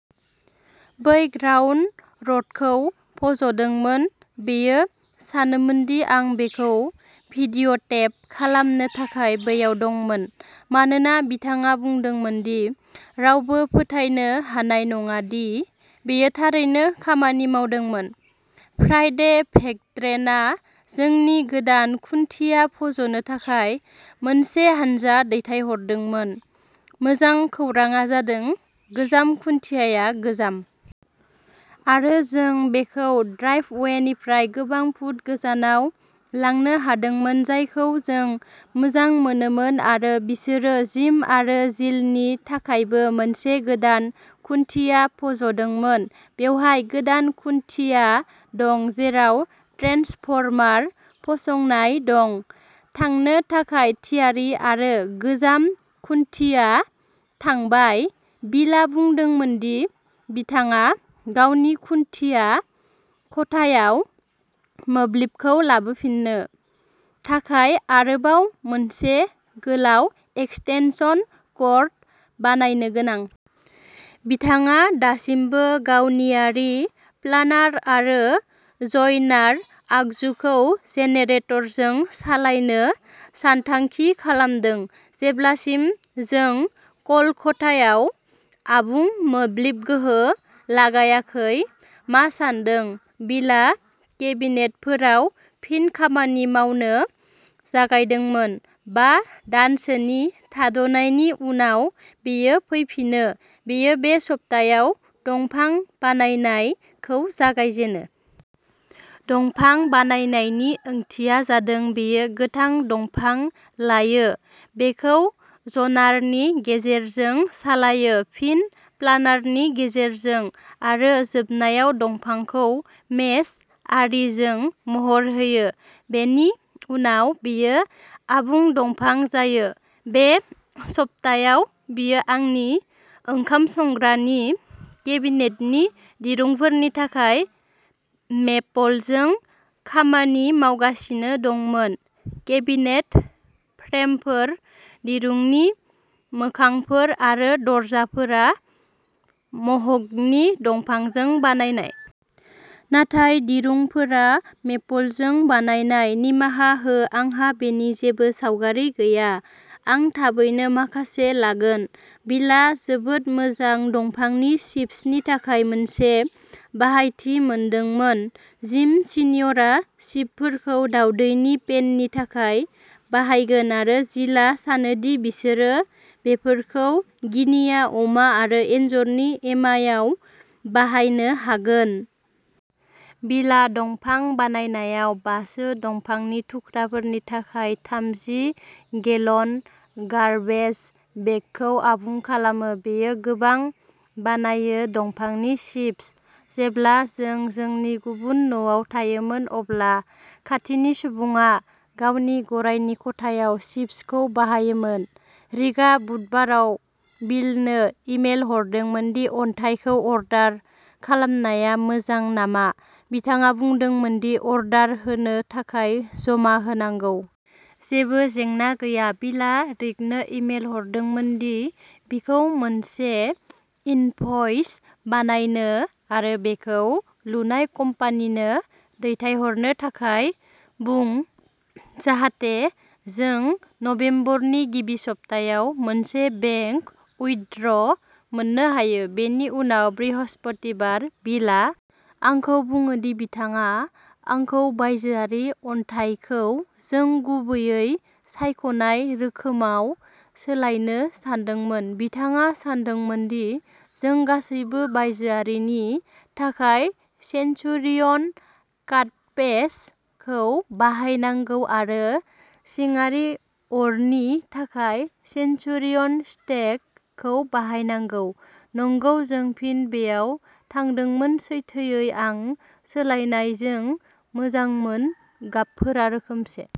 बै ग्राउन्ड रडखौ फज'दोंमोन बियो सानोमोनदि आं बेखौ भिडिअ'टेप खालामनो थाखाय बैयाव दंमोन मानोना बिथाङा बुंदोंमोन दि रावबो फोथायनो हानाय नङा दि बेयो थारैनो खामानि मावदोंमोन फ्राइडे भेक्ट्रेनआ जोंनि गोदान खुन्थिया फज'नो थाखाय मोनसे हानजा दैथायहरदोंमोन मोजां खौरांआ जादों गोजाम खुन्थिया गोजाम! आरो जों बेखौ ड्राइभवेनिफ्राय गोबां फुट गोजानाव लांनो हादोंमोन जायखौ जों मोजां मोनोमोन आरो बिसोरो जिम आरो जिलनि थाखायबो मोनसे गोदान खुन्थिया फज'दोंमोन बेवहाय गोदान खुन्थिया दं जेराव ट्रेन्सफर्मार फसंनाय दं थांनो थाखाय थियारि आरो गोजाम खुन्थिया थांबाय बिलआ बुंदोंमोन दि बिथाङा गावनि खुन्थिया खथायाव मोब्लिबखौ लाबोफिन्नो थाखाय आरोबाव मोनसे गोलाव एक्सटेनसन कर्ड बायनो गोनां। बिथाङा दासिमबो गावनि आरी प्लानार आरो ज'यनार आगजुखौ जेनेरेटरजों सालायनो सानथांखि खालामदों जेब्लासिम जों ख'ल खथायाव आबुं मोब्लिब गोहो लागायाखै मा सान्दों बिलआ केबिनेटफोराव फिन खामानि मावनो जागायदोंमोन बा दानसोनि थाद'नायनि उनाव बियो फैफिनो बियो बे सप्तायाव दंफां बानायनाय खौ जागायजेनो। दंफां बानायनाय नि ओंथिया जादों बियो गोथां दंफां लायो बेखौ ज'नारनि गेजेरजों सालायो फिन प्लानारनि गेजेरजों आरो जोबनायाव दंफांखौ मेज आरीजों महर होयो। बेनि उनाव बेयो आबुं दंफां जायो। बे सप्तायाव बियो आंनि ओंखाम संग्रानि केबिनेटनि दिरुंफोरनि थाखाय मेपलजों खामानि मावगासिनो दंमोन केबिनेट फ्रेमफोर दिरुंनि मोखांफोर आरो दरजाफोरा मह'गनि दंफांजों बानायनाय। नाथाय दिरुंफोरा मेपलजों बानायनाय निमाहा हो आंहा बेनि जेबो सावगारि गैया आं थाबैनो माखासे लागोन बिलआ जोबोद मोजां दंफांनि चिप्सनि थाखाय मोनसे बाहायथि मोनदोंमोन जिम सिनिअरआ चिपफोरखौ दावदैनि पेननि थाखाय बाहायगोन आरो जिलआ सानो दि बिसोरो बेफोरखौ गिनिया अमा आरो एन्जरनि एमायाव बाहायनो हागोन। बिलआ दंफां बानायनायाव बा सो दंफांनि थुख्राफोरनि थाखाय थामजि गेलन गार्बेज बेगखौ आबुं खालामो। बियो गोबां बानायो दंफांनि चिप्स जेब्ला जों जोंनि गुबुन न'आव थायोमोन अब्ला खाथिनि सुबुङा गावनि गरायनि खथायाव चिप्सखौ बाहायोमोन रिकआ बुधबाराव बिलनो इमेल हरदोंमोन दि अन्थाइखौ अर्डार खालामनाया मोजां नामा बिथाङा बुंदोंमोन दि अर्डार होनो थाखाय जमा होनांगौ। जेबो जेंना गैया बिलआ रिकनो इमेल हरदोंमोन दि बिखौ मोनसे इनभ'इस बानायनो आरो बेखौ लुनाय कम्पानिनो दैथायहरनो थाखाय बुं जाहाथे जों नबेम्बरनि गिबि सप्तायाव मोनसे बेंक उयड्र' मोननो हायो। बेनि उनाव बृहस्पतिबार बिलआ आंखौ बुङो दि बिथाङा आंखौ बायजोआरि अन्थाइखौ जों गुबैयै सायख'नाय रोखोमाव सोलायनो सानदोंमोन बिथाङा सानदोंमोन दि जों गासैबो बायजोआरि नि थाखाय सेन्चुरियन काटफेस खौ बाहायनांगौ आरो सिंआरि अरनि थाखाय सेन्चुरियन स्टेक खौ बाहायनांगौ नंगौ जों फिन बैयाव थांदोंमोन सैथोयै आं सोलायनायजों मोजांमोन गाबफोरा रोखोमसे।